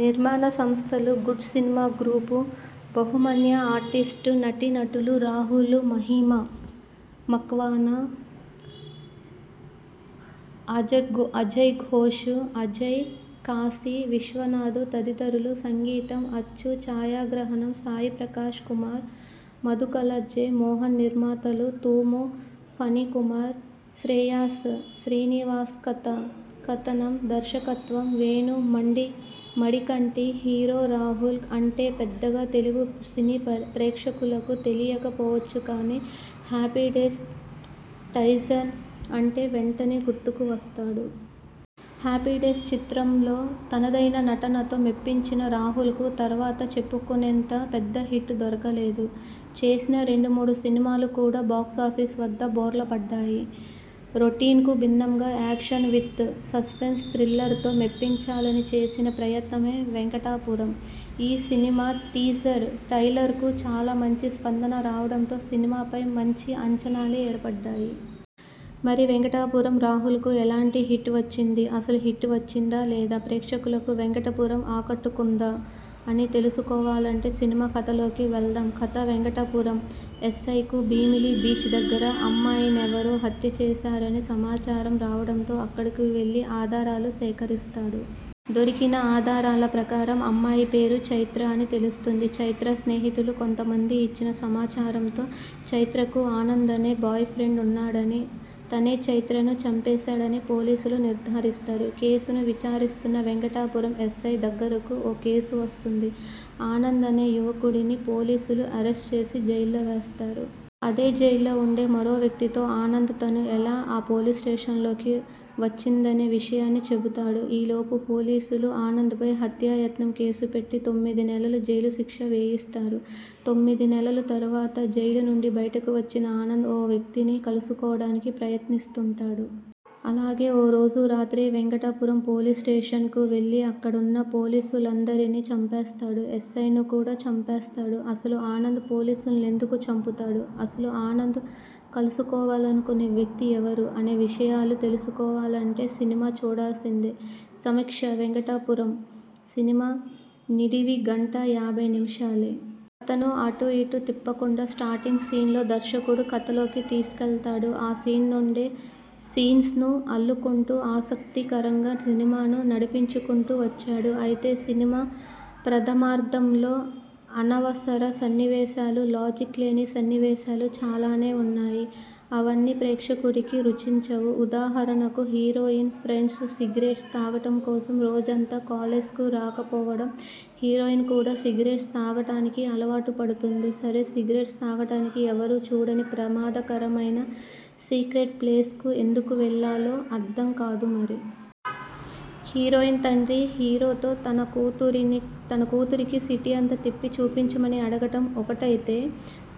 నిర్మాణ సంస్థలు good cinema group, Bahumanya artists, నటి ,నటులు రాహుల్, మహిమా మక్వానా, అజయ్ అజయ్ఘోష్, అజయ్, కాశీ విశ్వనాథ్ తదితరులు సంగీతం అచ్చు ఛాయాగ్రహణం సాయిప్రకాష్ కుమార్ మధుకళ జె. మోహన్ నిర్మాతలు తూము ఫణికుమార్, శ్రేయాస్ శ్రీనివాస్కథ, కథనం, దర్శకత్వం వేణు మండి మడికంటి హీరో రాహుల్ అంటే పెద్దగా తెలుగు సినీ ప్రేక్షకులకు తెలియక పోవచ్చు కానీ, హ్యాపీడేస్ టైసన్ అంటే వెంటనే గుర్తుకు వస్తాడు. హ్యాపీడేస్ చిత్రంలో తనదైన నటనతో మెప్పించిన రాహుల్కు తర్వాత చెప్పుకునేంత పెద్ద హిట్ దొరకలేదు. చేసిన రెండు మూడు సినిమాలు కూడా బాక్సాఫీస్ వద్ద బోర్లా పడ్డాయి. రొటీన్కు భిన్నంగా యాక్షన్ విత్ సస్పెన్స్ థ్రిల్లర్తో మెప్పించాలని చేసిన ప్రయత్నమే వెంకటాపురం. ఈ సినిమా టీజర్, టైలర్కు చాలా మంచి స్పందన రావడంతో సినిమాపై మంచి అంచనాలే ఏర్పడ్డాయి. మరి వెంకటాపురం రాహుల్కు ఎలాంటి హిట్ వచ్చింది? అసలు హిట్ వచ్చిందా? లేదా? ప్రేక్షకులకు వెంకటాపురం ఆకట్టుకుందా? అని తెలుసు కోవాలంటే సినిమా కథలోకి వెళదాం కథ వెంకటాపురం ఎస్సైకు భీమిలి బీచ్ దగ్గర అమ్మాయినెవరో హత్య చేశారని సమాచారం రావడంతో అక్కడకు వెళ్ళి ఆధారాలు సేకరిస్తాడు. దొరికిన ఆధారాల ప్రకారం అమ్మాయి పేరు ఛైత్ర అని తెలుస్తుంది. ఛైత్ర స్నేహితులు కొంత మంది ఇచ్చిన సమాచారంతో ఛైత్రకు ఆనంద్ అనే బాయ్ఫ్రెండ్ ఉన్నాడని, తనే ఛైత్రను చంపేశాడని పోలీసులు నిర్దారిస్తారు. కేసును విచారిస్తున్న వెంకటాపురం ఎస్సై దగ్గరకు ఓ కేసు వస్తుంది. ఆనంద్ అనే యువకుడిని పోలీసులు అరెస్ట్ చేసి జైల్లో వేస్తారు. అదే జైల్లో ఉండే మరో వ్యక్తితో ఆనంద్ తను ఎలా ఆ పోలీస్ స్టేషన్లోకి వచ్చిందనే విషయాన్ని చెబుతాడు. ఈ లోపు పోలీసులు ఆనంద్పై హత్యాయత్నం కేసు పెట్టి తొమ్మిది నెలలు జైలు శిక్ష వేయిస్తారు. తొమ్మిది నెలల తర్వాత జైలు నుండి బయటకు వచ్చిన ఆనంద్, ఓ వ్యక్తిని కలుసుకోవడానికి ప్రయత్నిస్తుంటాడు. అలాగే ఓ రోజు రాత్రి వెంకటాపురం పోలీస్ స్టేషన్కు వెళ్ళి అక్కడున్న పోలీసులందరినీ చంపేస్తాడు. ఎస్సైను కూడా చంపేస్తాడు. అసలు ఆనంద్ పోలీసులనెందుకు చంపుతాడు? అసలు ఆనంద్ కలుసుకోవాలనుకునే వ్యక్తి ఎవరు? అనే విషయాలు తెలుసుకోవాలంటే సినిమా చూడాల్సిందే సమీక్ష 'వెంకటాపురం' సినిమా నిడివి గంట యాబై నిమిషాలే. థను అటు ఇటు తిప్పకుండా స్టార్టింగ్ సీన్లో దర్శకుడు కథలోకి తీసుకెళ్తాడు. ఆ సీన్ నుండే సీన్స్ను అల్లుకుంటూ, ఆసక్తి కరంగా సినిమాను నడింపిచుకుంటూ వచ్చాడు. అయితే సినిమా ప్రథమార్థంలో అనవసర సన్నివేశాలు, లాజిక్ లేని సన్నివేశాలు చాలానే ఉన్నాయి. అవన్నీ ప్రేక్షకుడికి రుచించవు. ఉదాహరణకు హీరోయిన్ ఫ్రెండ్స్ సిగరెట్స్ తాగటం కోసం రోజంతా కాలేజ్కు రాకపోవడం, హీరోయిన్ కూడా సిగరెట్స్ తాగడానికి అలవాటు పడుతుంది సరే సిగరెట్స్ తాగడానికి ఎవరూ చూడని ప్రమాద కరమైన సీక్రెట్ ప్లేస్కు ఎందుకు వెళ్ళాలో అర్థం కాదు మరి. హీరోయిన్ తండ్రి హీరోతో తన కూతురిని కూతురికి సిటీ అంతా తిప్పి చూపించమని అడగటం ఒకటైతే,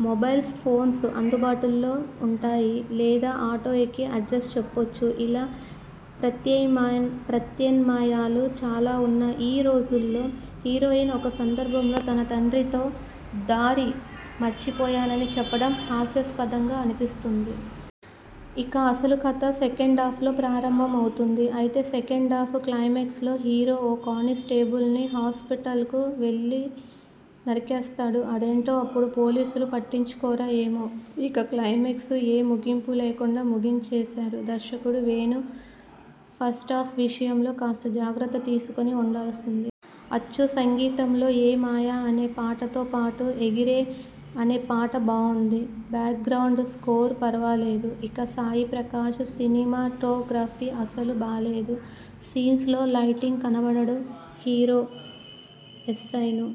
మొబైల్ఫోన్స్ అందుబాటులో ఉంటాయి. లేదా ఆటో ఎక్కి అడ్రస్ చెప్పొచ్చు ఇలా ప్రత్యామ్నా ప్రత్యామ్నాయాలు చాలా ఉన్న ఈ రోజుల్లో హీరోయిన్ ఒక సందర్భంలో తన తండ్రితో దారి మరచిపోయానని చెప్పడం హాస్యాస్పదంగా అనిపిస్తుంది. ఇక అసలు కథ సెకండాఫ్లో ప్రారంభం అవుతుంది. అయితే సెకండాఫ్ క్లైమాక్స్లో హీరో ఓ కానిస్టేబుల్నీ హాస్పిటల్కు వెళ్లి నరికేస్తాడు. అదేంటో అప్పుడు పోలీసులు పట్టించుకోరా ఏమో ఇక క్లైమాక్స్ ఏ ముగింపు లేకుండా ముగించేశారు. దర్శకుడు వేణు ఫస్టాఫ్ విషయంలో కాస్తా జాగ్రత్త తీసుకుని ఉండాల్సింది. అచ్చు సంగీతంలో ఏ మాయ అనే పాటతో పాటు ఎగిరే అనే పాట బావుంది. బ్యాక్గ్రౌండ్ స్కోర్ పరావాలేదు. ఇక సాయి ప్రకాష్ సినిమాటోగ్రఫీ అస్సలు బాలేదు. సీన్స్లో లైటింగ్ కనపడడు హీరో, ఎస్సైను